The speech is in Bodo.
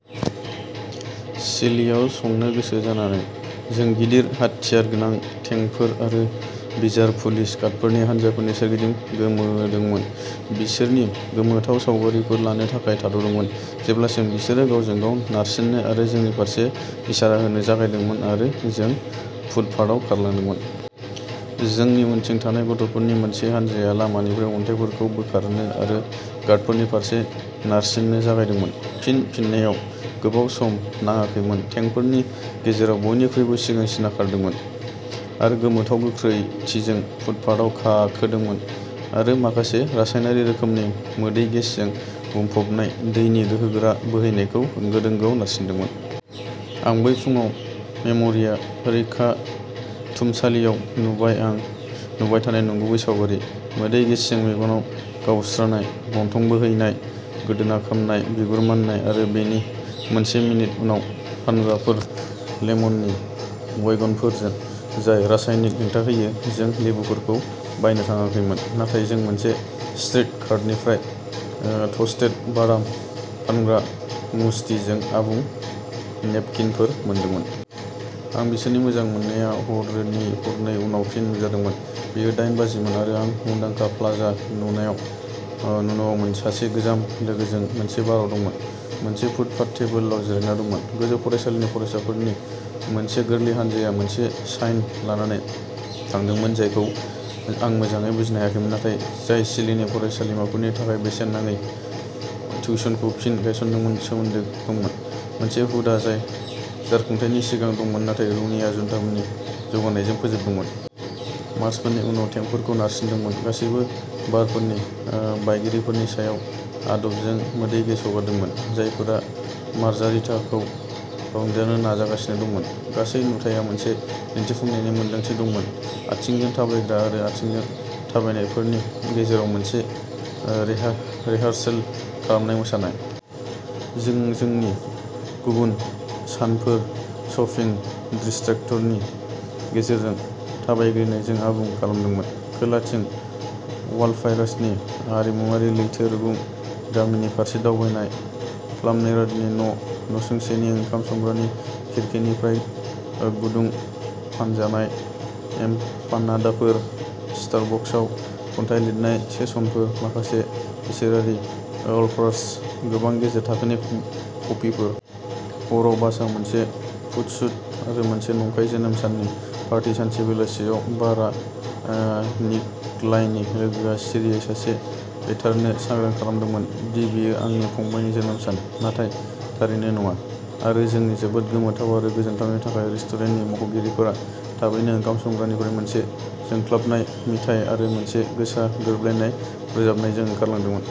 चिलीआव संनो गोसो जानानै, जों गिदिर हाथियारगोनां टेंकफोर आरो भिजार पुलिस गार्डफोरनि हानजाफोरनि सोरगिदिं गोमोदोंमोन, बिसोरनि गोमोथाव सावगारिफोर लानो थाखाय थाद'दोंमोन जेब्लासिम बिसोरो गावजों-गाव नारसिन्नो आरो जोंनि फारसे इसारा होनो जागायदोंमोन आरो जों फुटपाथआव खारलांदोंमोन। जोंनि उनथिं थानाय गथ'फोरनि मोनसे हानजाया लामानिफ्राय अन्थाइफोरखौ बोखारनो आरो गार्डफोरनि फारसे नारसिन्नो जागायदोंमोन। फिन फिननायाव गोबाव सम नाङाखैमोन टेंकफोरनि गेजेराव बयनिख्रुइबो सिगांसिनआ खारदोंमोन, आरो गोमोथाव गोख्रैथिजों फुटपाथआव गाखोदोंमोन आरो माखासे रासायनारि रोखोमनि मोदै गेसजों बुंफबनाय दैनि गोहोगोरा बोहैनायखौ होंगो-दोंगोआव नारसिन्दोंमोन। आं बै फुंआव मेम'रिया रैखाथुमसालियाव नुबाय आं नुबाय थानाय नंगुबै सावगारि। मोदै गेसजों मेगन गावस्रानाय, गन्थं बोहैनाय, गोदोना खामनाय, बिगुर माननाय आरो मोनसे मिनिट उनाव, फानग्राफोर लेमननि वैगनफोरजों, जाय रासायनिकखौ हेंथा होयो। जों लेबुफोरखौ बायनो थांङाखैमोन, नाथाय जों मोनसे स्ट्रीट कार्टनिफ्राय ओ टस्टेड बादाम फानग्रा मुष्टिजों आबुं नेपकिनफोर मोनदोंमोन! आं बिसोरनि मोजां मोननाया हरनै उनाव फिन नुजादोंमोन। बेयो दाइन बाजिमोन आरो आं मुंदांखा प्लाजा नुन'याव सासे गोजाम लोगोजों मोनसे बारआव दंमोन, मोनसे फुटपाथ टेबोलाव जिरायना दंमोन। गोजौ फरायसालिनि फरायसाफोरनि मोनसे गोरलै हानजाया मोनसे साइन लानानै थांदोंमोन जायखौ आं मोजाङै बुजिनो हायाखैमोन, नाथाय जाय चिलीनि फरायसालिमाफोरनि थाखाय बेसेन नाङि टिउशनखौ फिन गायसननायजों सोमोन्दो दंमोन, मोनसे हुदा जाय जारखुंथायनि सिगां दंमोन नाथाय रौनिया जुन्टानि जौगानायजों फोजोबजादोंमोन। मार्चारफोरनि उनाव टेंकफोरखौ नारसिंदोंमोन, गासैबो बारफोरनि ओ बायगिरिफोरनि सायाव आदबजों मोदै गेस हगारदोंमोन, जायफोरा मार्जारिताखौ रंजानो नाजागासिनो दंमोन। गासै नुथाया मोनसे दिन्थिफुंनायनि मोनदांथि दंमोन आथिंजों थाबायग्रा आरो आथिंजों थाबायनायफोरनि गेजेराव मोनसे रिहार्सेल खालामनाय मोसानाय। जों जोंनि गुबुन सानफोरखौ शपिं डिस्ट्रिक्टनि गेजेरजों थाबायग्लिनायजों आबुं खालामदोंमोन, खोलाथिं वालपाराइस'नि आरिमुआरि लैथो रुगुं गामिनि फारसे दावबायनाय, पाब्ल'नेरुदानि न', नसुंसेनि ओंखाम संग्रानि खिरखिनिफ्राय गुदुं फानजानाय एम्पानाडाफोर, स्टारबाकसआव खन्थाइ लिरनाय सेसनफोर। माखासे इसोरारि अल्फाज'र्स, गोबां गेजेर थाखोनि कफिफोर। हराव बासआव मोनसे फटसुट आरो मोनसे नंखाय जोनोम साननि पार्टी सानसे बेलासियाव बारआव ओ निक'लाइनि लोगोआ सिरियै सासे वेटारनो सांग्रां खालामदोंमोन दि बेयो आंनि फंबायनि जोनोम सान, नाथाय थारैनो नङा, आरो जोंनि जोबोद गोमोथाव आरो गोजोनथावनि थाखाय रेस्टुरेन्टनि मावख'गिरिफोरा थाबैनो ओंखाम संग्रानिफ्राय मोनसे जोंख्लाबनाय मिथाइ आरो मोनसे गोसा, गोरोबलायनाय रोजाबनायजों ओंखारलांदोंमोन।